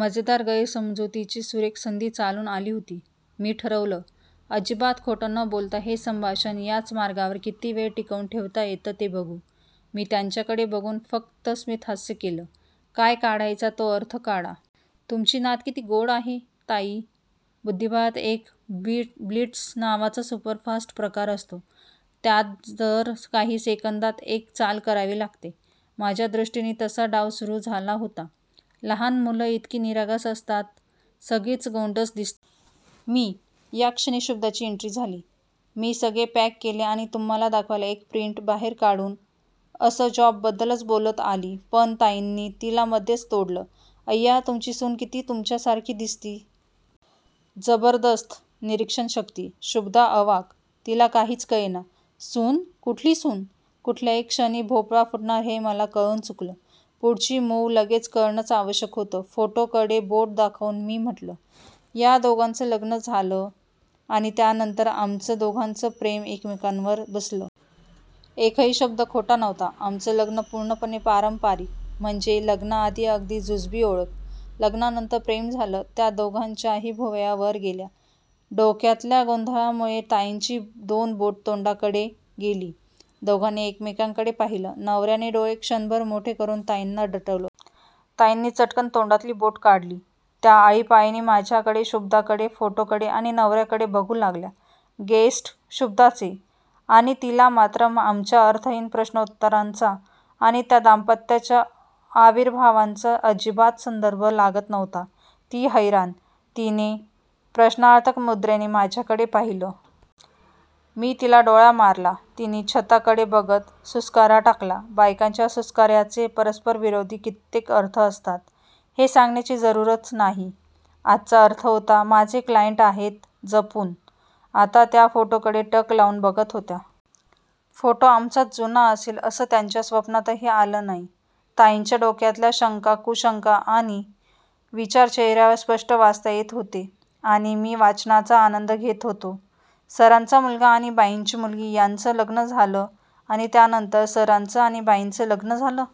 मजेदार गैरसमजुतीची सुरेख संधी चालून आली होती. मी ठरवलं. अजिबात खोटं न बोलता हे संभाषण याच मार्गावर किती वेळ टिकवून ठेवता येतं ते बघू! मी त्यांच्याकडे बघून फक्त स्मितहास्य केलं. काय काढायचा तो अर्थ काढा. "तुमची नात किती गोड आहे. " ताई. बुद्धिबळात एक 'ब्लिट्झ' नावाचा सुपरफास्ट प्रकार असतो. त्यात दर काही सेकंदात एक चाल करावी लागते. माझ्या दृष्टीनी तसा डाव सुरू झाला होता. "लहान मुलं इतकी निरागस असतात, सगळीच गोंडस दिसतात. " मी. या क्षणी शुभदाची एन्ट्री झाली. "मी सगळे पॅक केले आणि तुम्हाला दाखवायला एक प्रिंट बाहेर काढून" असं जॉबबद्दलच बोलत आली पण ताईंनी तिला मधेच तोडलं. "अय्या तुमची सून कित्ती तुमच्यासारखी दिसते! " जबरदस्त निरीक्षणशक्ती! शुभदा अवाक्! तिला काहीच कळेना. "सून? कुठली सून? "कुठल्याही क्षणी भोपळा फुटणार हे मला कळून चुकलं. पुढची मूव्ह लगेच करणंच आवश्यक होतं. फोटोकडे बोट दाखवून मी म्हटलं, "या दोघांचं लग्न झालं आणि त्यानंतर आमचं दोघांचं प्रेम एकमेकावर बसलं. " एकही शब्द खोटा नव्हता. आमचं लग्न पूर्णपणे पारंपारिक. म्हणजे लग्नाआधी अगदी जुजबी ओळख. लग्नानंतर प्रेम झालं. त्या दोघांच्याही भुवया वर गेल्या. डोक्यातल्या गोंधळामुळे ताईंची दोन बोटं तोंडाकडे गेली. दोघांनी एकमेकांकडे पाहिलं. नवर्यानं डोळे क्षणभर मोठे करून ताईंना दटावलं. ताईंनी चट्कन् तोंडातली बोटं काढली! त्या आळीपाळीनी माझ्याकडे, शुभदाकडे, फोटोकडे आणि नवर्याकडे बघू लागल्या. गेस्ट शुभदाचे. आणि तिला मात्र आमच्या अर्थहीन प्रश्नोत्तरांचा आणि त्या दाम्पत्याच्या आविर्भावांचा अजिबात संदर्भ लागत नव्हता. ती हैराण! तिनी प्रश्नार्थक मुद्रेनी माझ्याकडे पाहिलं. मी तिला डोळा मारला. तिनी छताकडे बघत सुस्कारा टाकला. बायकांच्या सुस्कार्याचे परस्परविरोधी कित्येक अर्थ असतात हे सांगण्याची जरूरच नाही. आजचा अर्थ होता, "माझे क्लायंट आहेत. जपून. "आता त्या फोटोकडे टक लावून बघत होत्या. फोटो आमचाच जुना असेल असं त्यांच्या स्वप्नातही आलं नाही. ताईंच्या डोक्यातल्या शंका कुशंका आणि विचार चेहर्यावर स्पष्ट वाचता येत होते आणि मी वाचनाचा आनंद घेत होतो. 'सरांचा मुलगा आणि बाईंची मुलगी यांचं लग्न झालं आणि त्यानंतर सरांचं आणि बाईंचं लग्न झालं?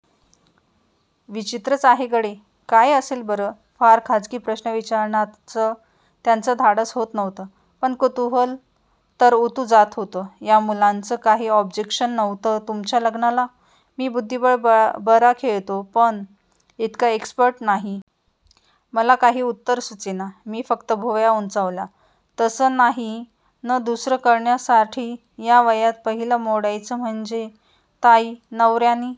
' विचित्रच आहे गडे. काय असेल बरं? फार खाजगी प्रश्न विचारण्याचं त्यांचं धाडस होत नव्हतं. पण कुतूहल तर उतू जात होतं. "या मुलांचं काही ऑब्जेक्शन नव्हतं तुमच्या लग्नाला? मी बुद्धिबळ बरा खेळतो पण इतका एक्सपर्ट नाही. मला काही उत्तर सुचेना. मी फक्त भुवया उंचावल्या. "तसं नाहीणदुसरं करण्यासाठी या वयात पहिलं मोडायचं म्हणजे. ताई. नवर्यानी